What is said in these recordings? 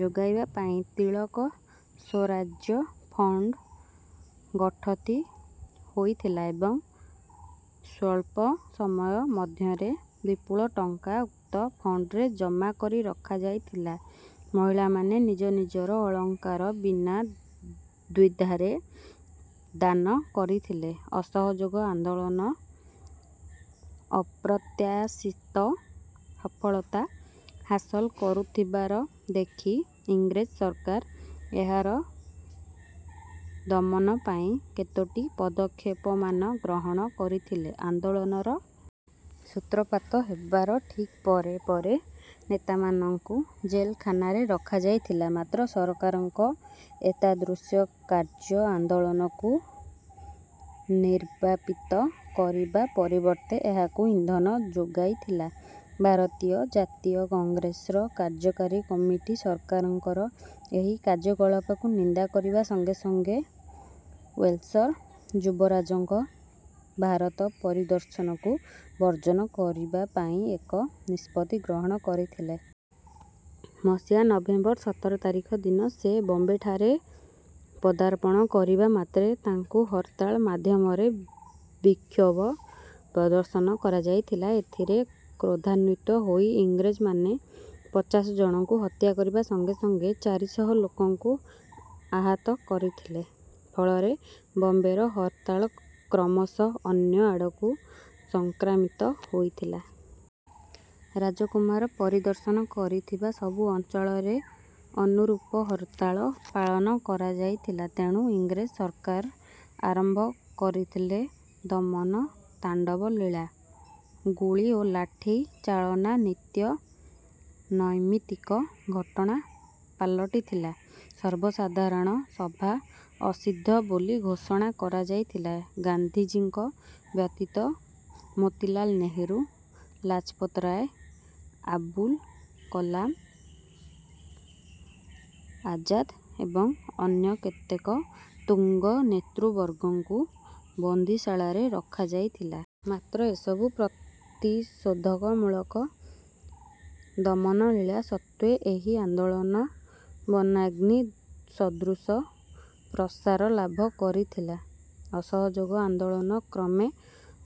ଯୋଗାଇବା ପାଇଁ "ତିଳକ ସ୍ୱରାଜ୍ୟ ଫଣ୍ଡ" ଗଠିତ ହୋଇଥିଲା ଏବଂ ସ୍ୱଲ୍ପ ସମୟ ମଧ୍ୟରେ ବିପୁଳ ଟଙ୍କା ଉକ୍ତ ଫଣ୍ଡରେ ଜମା କରି ରଖାଯାଇଥିଲା। ମହିଳାମାନେ ନିଜ ନିଜର ଅଳଙ୍କାର ବିନା ଦ୍ୱିଧାରେ ଦାନ କରିଥିଲେ। ଅସହଯୋଗ ଆନ୍ଦୋଳନ ଅପ୍ରତ୍ୟାଶିତ ସଫଳତା ହାସଲ କରୁଥିବାର ଦେଖି ଇଂରେଜ ସରକାର ଏହାର ଦମନ ପାଇଁ କେତୋଟି ପଦକ୍ଷେପମାନ ଗ୍ରହଣ କରିଥିଲେ। ଆନ୍ଦୋଳନର ସୂତ୍ରପାତ ହେବାର ଠିକ୍ ପରେ ପରେ ନେତାମାନଙ୍କୁ ଜେଲଖାନାରେ ରଖାଯାଇଥିଲା। ମାତ୍ର ସରକାରଙ୍କ ଏତାଦୃଶ କାର୍ଯ୍ୟ ଆନ୍ଦୋଳନକୁ ନିର୍ବାପିତ କରିବା ପରିବର୍ତ୍ତେ ଏହାକୁ ଇନ୍ଧନ ଯୋଗାଇଥିଲା। ଭାରତୀୟ ଜାତୀୟ କଂଗ୍ରେସର କାର୍ଯ୍ୟକାରୀ କମିଟି ସରକାରଙ୍କର ଏହି କାର୍ଯ୍ୟକଳାପକୁ ନିନ୍ଦା କରିବା ସଙ୍ଗେ ସଙ୍ଗେ ୱେଲସର ଯୁବରାଜଙ୍କ ଭାରତ ପରିଦର୍ଶନକୁ ବର୍ଜନ କରିବା ପାଇଁ ଏକ ନିଷ୍ପତ୍ତି ଗ୍ରହଣ କରିଥିଲେ। ମସିହା ନଭେମ୍ବର ସତର ତାରିଖ ଦିନ ସେ ବମ୍ବେଠାରେ ପଦାର୍ପଣ କରିବା ମାତ୍ରେ ତାଙ୍କୁ ହରତାଳ ମାଧ୍ୟମରେ ବିକ୍ଷୋଭ ପ୍ରଦର୍ଶନ କରାଯାଇଥିଲା। ଏଥିରେ କ୍ରୋଧାନ୍ୱିତ ହୋଇ ଇଂରେଜମାନେ ପଚାଶ ଜଣଙ୍କୁ ହତ୍ୟା କରିବା ସଙ୍ଗେ ସଙ୍ଗେ ଚାରିଶହ ଲୋକଙ୍କୁ ଆହାତ କରିଥିଲେ। ଫଳରେ ବମ୍ବେର ହରତାଳ କ୍ରମଶଃ ଅନ୍ୟ ଆଡ଼କୁ ସଂକ୍ରାମିତ ହୋଇଥିଲା। ରାଜକୁମାର ପରିଦର୍ଶନ କରିଥିବା ସବୁ ଅଞ୍ଚଳରେ ଅନୁରୂପ ହରତାଳ ପାଳନ କରାଯାଇଥିଲା। ତେଣୁ ଇଂରେଜ ସରକାର ଆରମ୍ଭ କରିଥିଲେ ଦମନ ତାଣ୍ଡବଲୀଳା। ଗୁଳି ଓ ଲାଠି ଚାଳନା ନିତ୍ୟ ନୈମିତ୍ତିକ ଘଟଣା ପାଲଟିଥିଲା। ସର୍ବସାଧାରଣ ସଭା ଅସିଦ୍ଧ ବୋଲି ଘୋଷଣା କରାଯାଇଥିଲା। ଗାନ୍ଧିଜୀଙ୍କ ବ୍ୟତୀତ ମୋତିଲାଲ୍ ନେହେରୁ, ଲାଜପତ ରାୟ, ଆବୁଲ କାଲାମ ଆଜାଦ ଏବଂ ଅନ୍ୟ କେତେକ ତୁଙ୍ଗ ନେତୃବର୍ଗଙ୍କୁ ବନ୍ଦୀଶାଳାରେ ରଖାଯାଇଥିଲା। ମାତ୍ର ଏସବୁ ପ୍ରତିଷେଧମୂଳକ ଦମନଲୀଳା ସତ୍ତ୍ୱେ ଏହି ଆନ୍ଦୋଳନ ବନାଗ୍ନି ସଦୃଶ ପ୍ରସାରଲାଭ କରିଥିଲା। ଅସହଯୋଗ ଆନ୍ଦୋଳନ କ୍ରମେ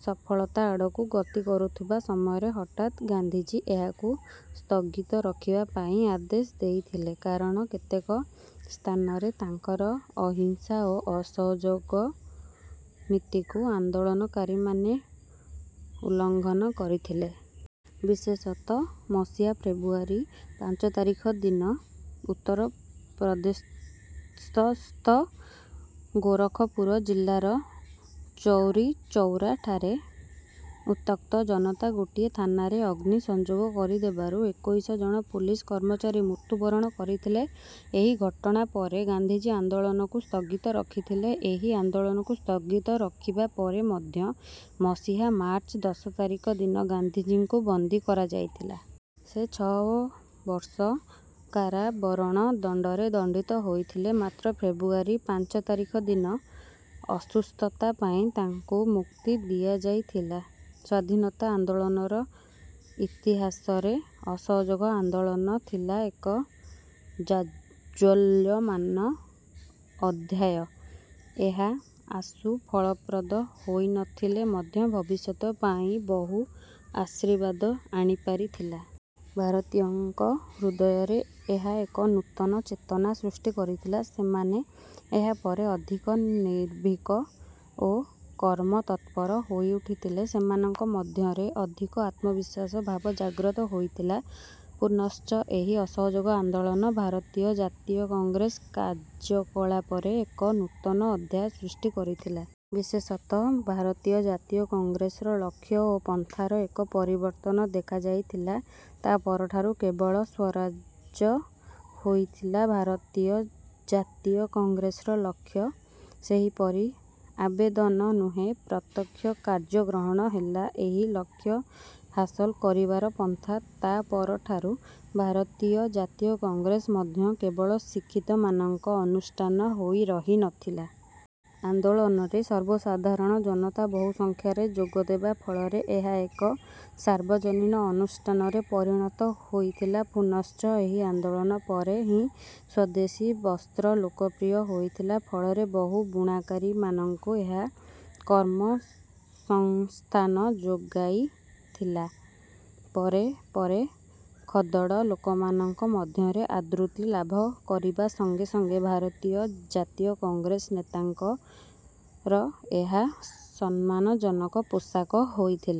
ସଫଳତା ଆଡ଼କୁ ଗତି କରୁଥିବା ସମୟରେ ହଠାତ୍ ଗାନ୍ଧିଜୀ ଏହାକୁ ସ୍ଥଗିତ ରଖିବା ପାଇଁ ଆଦେଶ ଦେଇଥିଲେ; କାରଣ କେତେକ ସ୍ଥାନରେ ତାଙ୍କର ଅହିଂସା ଓ ଅସହଯୋଗ ନୀତିକୁ ଆନ୍ଦୋଳନକାରୀମାନେ ଉଲ୍ଲଂଘନ କରିଥିଲେ। ବିଶେଷତଃ ମସିହା ଫେବୃୟାରୀ ପାଞ୍ଚ ତାରିଖ ଦିନ ଉତ୍ତର-ପ୍ରଦେଶସ୍ଥ ଗୋରଖପୁର ଜିଲ୍ଲାର ଚୌରିଚୌରାଠାରେ ଉତ୍ତ୍ୟକ୍ତ ଜନତା ଗୋଟିଏ ଥାନାରେ ଅଗ୍ନି ସଂଯୋଗ କରିଦେବାରୁ ଏକୋଇଶ ଜଣ ପୋଲିସ କର୍ମଚାରୀ ମୃତ୍ୟୁବରଣ କରିଥିଲେ। ଏହି ଘଟଣା ପରେ ଗାନ୍ଧିଜୀ ଆନ୍ଦୋଳନକୁ ସ୍ଥଗିତ ରଖିଥିଲେ। ଏହି ଆନ୍ଦୋଳନକୁ ସ୍ଥଗିତ ରଖିବା ପରେ ମଧ୍ୟ ମସିହା ମାର୍ଚ୍ଚ ଦଶ ତାରିଖ ଦିନ ଗାନ୍ଧିଜୀଙ୍କୁ ବନ୍ଦୀ କରାଯାଇଥିଲା। ସେ ଛଅ ବର୍ଷ କାରାବରଣ ଦଣ୍ଡରେ ଦଣ୍ଡିତ ହୋଇଥିଲେ। ମାତ୍ର ଫେବୃୟାରୀ ପାଞ୍ଚ ତାରିଖ ଦିନ ଅସୁସ୍ଥତା ପାଇଁ ତାଙ୍କୁ ମୁକ୍ତି ଦିଆଯାଇଥିଲା। ସ୍ୱାଧୀନତା ଆନ୍ଦୋଳନର ଇତିହାସରେ ଅସହଯୋଗ ଆନ୍ଦୋଳନ ଥିଲା ଏକ ଜାଜ୍ୱଲ୍ୟମାନ ଅଧ୍ୟାୟ। ଏହା ଆଶୁ ଫଳପ୍ରଦ ହୋଇ ନ ଥିଲେ ମଧ୍ୟ ଭବିଷ୍ୟତ ପାଇଁ ବହୁ ଆଶୀର୍ବାଦ ଆଣିପାରିଥିଲା। ଭାରତୀୟଙ୍କ ହୃଦୟରେ ଏହା ଏକ ନୂତନ ଚେତନା ସୃଷ୍ଟି କରିଥିଲା। ସେମାନେ ଏହାପରେ ଅଧିକ ନିର୍ଭୀକ ଓ କର୍ମତତ୍ପର ହୋଇଉଠିଥିଲେ। ସେମାନଙ୍କ ମଧ୍ୟରେ ଅଧିକ ଆତ୍ମବିଶ୍ୱାସ ଭାବ ଜାଗ୍ରତ ହୋଇଥିଲା। ପୁନଶ୍ଚ ଏହି ଅସହଯୋଗ ଆନ୍ଦୋଳନ ଭାରତୀୟ ଜାତୀୟ କଂଗ୍ରେସ କାର୍ଯ୍ୟକଳାପରେ ଏକ ନୂତନ ଅଧ୍ୟାୟ ସୃଷ୍ଟି କରିଥିଲା। ବିଶେଷତଃ ଭାରତୀୟ ଜାତୀୟ କଂଗ୍ରେସର ଲକ୍ଷ୍ୟ ଓ ପନ୍ଥାରେ ଏକ ପରିବର୍ତ୍ତନ ଦେଖାଯାଇଥିଲା। ତା' ପରଠାରୁ କେବଳ ସ୍ୱରାଜ ହୋଇଥିଲା ଭାରତୀୟ ଜାତୀୟ କଂଗ୍ରେସର ଲକ୍ଷ୍ୟ। ସେହିପରି ଆବେଦନ ନୁହେଁ, ପ୍ରତ୍ୟକ୍ଷ କାର୍ଯ୍ୟ ଗ୍ରହଣ ହେଲା ଏହି ଲକ୍ଷ୍ୟ ହାସଲ କରିବାର ପନ୍ଥା। ତା' ପରଠାରୁ ଭାରତୀୟ ଜାତୀୟ କଂଗ୍ରେସ ମଧ୍ୟ କେବଳ ଶିକ୍ଷିତମାନଙ୍କ ଅନୁଷ୍ଠାନ ହୋଇ ରହି ନ ଥିଲା। ଆନ୍ଦୋଳନରେ ସର୍ବସାଧାରଣ ଜନତା ବହୁସଂଖ୍ୟାରେ ଯୋଗଦେବା ଫଳରେ ଏହା ଏକ ସାର୍ବଜନୀନ ଅନୁଷ୍ଠାନରେ ପରିଣତ ହୋଇଥିଲା। ପୁନଶ୍ଚ ଏହି ଆନ୍ଦୋଳନ ପରେ ହିଁ ସ୍ୱଦେଶୀ ବସ୍ତ୍ର ଲୋକପ୍ରିୟ ହୋଇଥିଲା। ଫଳରେ ବହୁ ବୁଣାକାରଙ୍କୁ ଏହା କର୍ମସଂସ୍ଥାନ ଯୋଗାଇଥିଲା। ପରେ ପରେ ଖଦଡ଼ ଲୋକମାନଙ୍କ ମଧ୍ୟରେ ଆଦୃତି ଲାଭ କରିବା ସଙ୍ଗେ ସଙ୍ଗେ ଭାରତୀୟ ଜାତୀୟ କଂଗ୍ରେସ ନେତାଙ୍କର ଏହା ସମ୍ମାନଜନକ ପୋଷାକ ହୋଇଥିଲା।